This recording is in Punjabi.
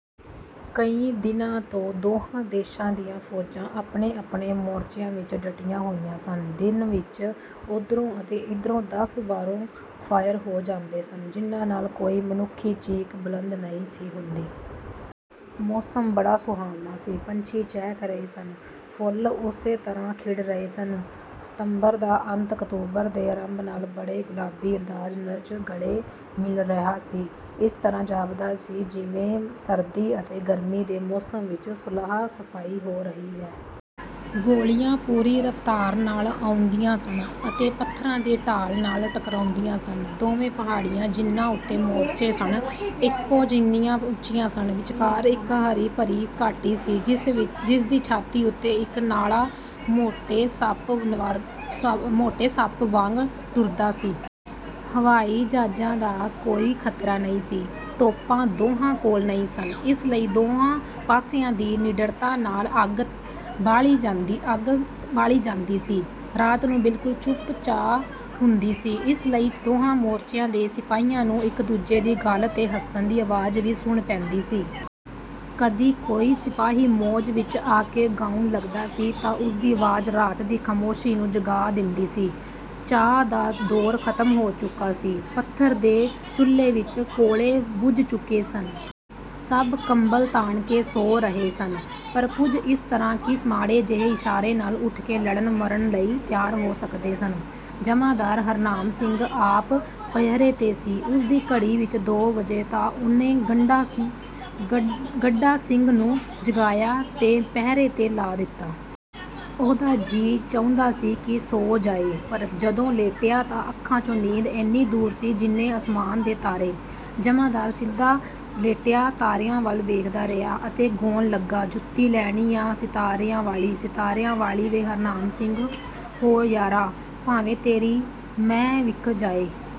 ਕਈ ਦਿਨਾਂ ਤੋਂ ਦੋਹਾਂ ਦੇਸ਼ਾਂ ਦੀਆਂ ਫੌਜਾਂ ਆਪਣੇ-ਆਪਣੇ ਮੋਰਚਿਆਂ ਵਿਚ ਡਟੀਆਂ ਹੋਈਆਂ ਸਨ। ਦਿਨ ਵਿਚ ਓਧਰੋਂ ਅਤੇ ਇਧਰੋਂ ਦਸ ਬਾਰਾਂ ਫ਼ਾਇਰ ਹੋ ਜਾਂਦੇ ਸਨ, ਜਿਨ੍ਹਾਂ ਨਾਲ ਕੋਈ ਮਨੁੱਖੀ ਚੀਕ ਬੁਲੰਦ ਨਹੀਂ ਸੀ ਹੁੰਦੀ। ਮੌਸਮ ਬੜਾ ਸੁਹਾਵਣਾ ਸੀ। ਪੰਛੀ ਚਹਿਕ ਰਹੇ ਸਨ। ਫੁੱਲ ਉਸੇ ਤਰ੍ਹਾਂ ਖਿੜ ਰਹੇ ਸਨ। ਸਤੰਬਰ ਦਾ ਅੰਤ ਅਕਤੂਬਰ ਦੇ ਅਰੰਭ ਨਾਲ ਬੜੇ ਗੁਲਾਬੀ ਅੰਦਾਜ਼ ਚ ਗਲੇ ਮਿਲ ਰਿਹਾ ਸੀ। ਇਸ ਤਰ੍ਹਾਂ ਜਾਪਦਾ ਸੀ ਜਿਵੇਂ ਸਰਦੀ ਅਤੇ ਗਰਮੀ ਦੇ ਮੌਸਮ ਵਿਚ ਸੁਲਾਹ ਸਫਾਈ ਹੋ ਰਹੀ ਹੈ। ਗੋਲੀਆਂ ਪੂਰੀ ਰਫ਼ਤਾਰ ਨਾਲ ਆਉਂਦੀਆਂ ਸਨ ਅਤੇ ਪੱਥਰਾਂ ਦੀ ਢਾਲ ਨਾਲ ਟਕਰਾਉਂਦੀਆਂ ਸਨ। ਦੋਵੇਂ ਪਹਾੜੀਆਂ, ਜਿਨ੍ਹਾਂ ਉਤੇ ਮੋਰਚੇ ਸਨ, ਇਕੋ ਜਿੰਨੀਆਂ ਉਚੀਆਂ ਸਨ। ਵਿਚਕਾਰ ਇਕ ਹਰੀ ਭਰੀ ਘਾਟੀ ਸੀ, ਜਿਸ ਦੀ ਛਾਤੀ ਉਤੇ ਇਕ ਨਾਲਾ ਮੋਟੇ ਸੱਪ ਵਾਗ ਟੁਰਦਾ ਸੀ। ਹਵਾਈ ਜਹਾਜਾਂ ਦਾ ਕੋਈ ਖ਼ਤਰਾ ਨਹੀਂ ਸੀ। ਤੋਪਾਂ ਦੋਹਾਂ ਕੋਲ ਨਹੀਂ ਸਨ। ਇਸ ਲਈ ਦੋਹਾਂ ਪਾਸਿਆਂ ਦੀ ਨਿਡਰਤਾ ਨਾਲ ਅੱਗ ਬਾਲੀ ਜਾਂਦੀ ਸੀ। ਰਾਤ ਨੂੰ ਬਿਲਕੁਲ ਚੁੱਪ-ਚਾਂ ਹੁੰਦੀ ਸੀ, ਇਸ ਲਈ ਦੋਹਾਂ ਮੋਰਚਿਆਂ ਦੇ ਸਿਪਾਹੀਆਂ ਨੂੰ ਇਕ ਦੂਜੇ ਦੀ ਗੱਲ 'ਤੇ ਹੱਸਣ ਦੀ ਆਵਾਜ਼ ਵੀ ਸੁਣ ਪੈਂਦੀ ਸੀ। ਕਦੀ ਕੋਈ ਸਿਪਾਹੀ ਮੌਜ ਵਿਚ ਆ ਕੇ ਗਾਉਣ ਲੱਗਦਾ ਸੀ ਤਾਂ ਉਸਦੀ ਆਵਾਜ਼ ਰਾਤ ਦੀ ਖ਼ਾਮੋਸ਼ੀ ਨੂੰ ਜਗਾ ਦਿੰਦੀ ਸੀ। ਚਾਹ ਦਾ ਦੌਰ ਖ਼ਤਮ ਹੋ ਚੁੱਕਾ ਸੀ। ਪੱਥਰ ਦੇ ਚੁੱਲ੍ਹੇ ਵਿਚ ਕੋਲੇ ਬੁਝ ਚੁੱਕੇ ਸਨ। ਸਭ ਕੰਬਲ ਤਾਣ ਕੇ ਸੌਂ ਰਹੇ ਸਨ, ਪਰ ਕੁੱਝ ਇਸ ਤਰ੍ਹਾਂ ਕਿ ਮਾੜੇ ਜਿਹੇ ਇਸ਼ਾਰੇ ਨਾਲ ਉਠ ਕੇ ਲੜਨ ਮਰਨ ਲਈ ਤਿਆਰ ਹੋ ਸਕਦੇ ਸਨ। ਜਮਾਂਦਾਰ ਹਰਨਾਮ ਸਿੰਘ ਆਪ ਪਹਿਰੇ 'ਤੇ ਸੀ। ਉਸ ਦੀ ਘੜੀ ਵਿਚ ਦੋ ਵੱਜੇ ਤਾਂ ਉਹਨੇ ਗਡਾ ਸਿੰਘ ਨੂੰ ਜਗਾਇਆ ਤੇ ਪਹਿਰੇ ਤੇ ਲਾ ਦਿੱਤਾ। ਉਹਦਾ ਜੀਅ ਚਾਹੁੰਦਾ ਸੀ ਕਿ ਸੌ ਜਾਏ, ਪਰ ਜਦੋਂ ਲੇਟਿਆ ਤਾਂ ਅੱਖਾਂ ਚੋਂ ਨੀਂਦ ਇੰਨੀ ਦੂਰ ਸੀ ਜਿੰਨੇ ਅਸਮਾਨ ਦੇ ਤਾਰੇ। ਜਮਾਂਦਾਰ ਸਿੱਧਾ ਲੇਟਿਆ ਤਾਰਿਆਂ ਵੱਲ ਵੇਖਦਾ ਰਿਹਾ, ਅਤੇ ਗੌਣ ਲੱਗਾ, "ਜੁੱਤੀ ਲੈਣੀ ਆ ਸਿਤਾਰਿਆਂ ਵਾਲੀ, ਸਿਤਾਰਿਆਂ ਵਾਲੀ ਵੇ ਹਰਨਾਮ ਸਿੰਘ ਹੋ ਯਾਰਾ, ਭਾਵੇਂ ਤੇਰੀ ਮਹਿੰ ਵਿਕ ਜਾਏ।"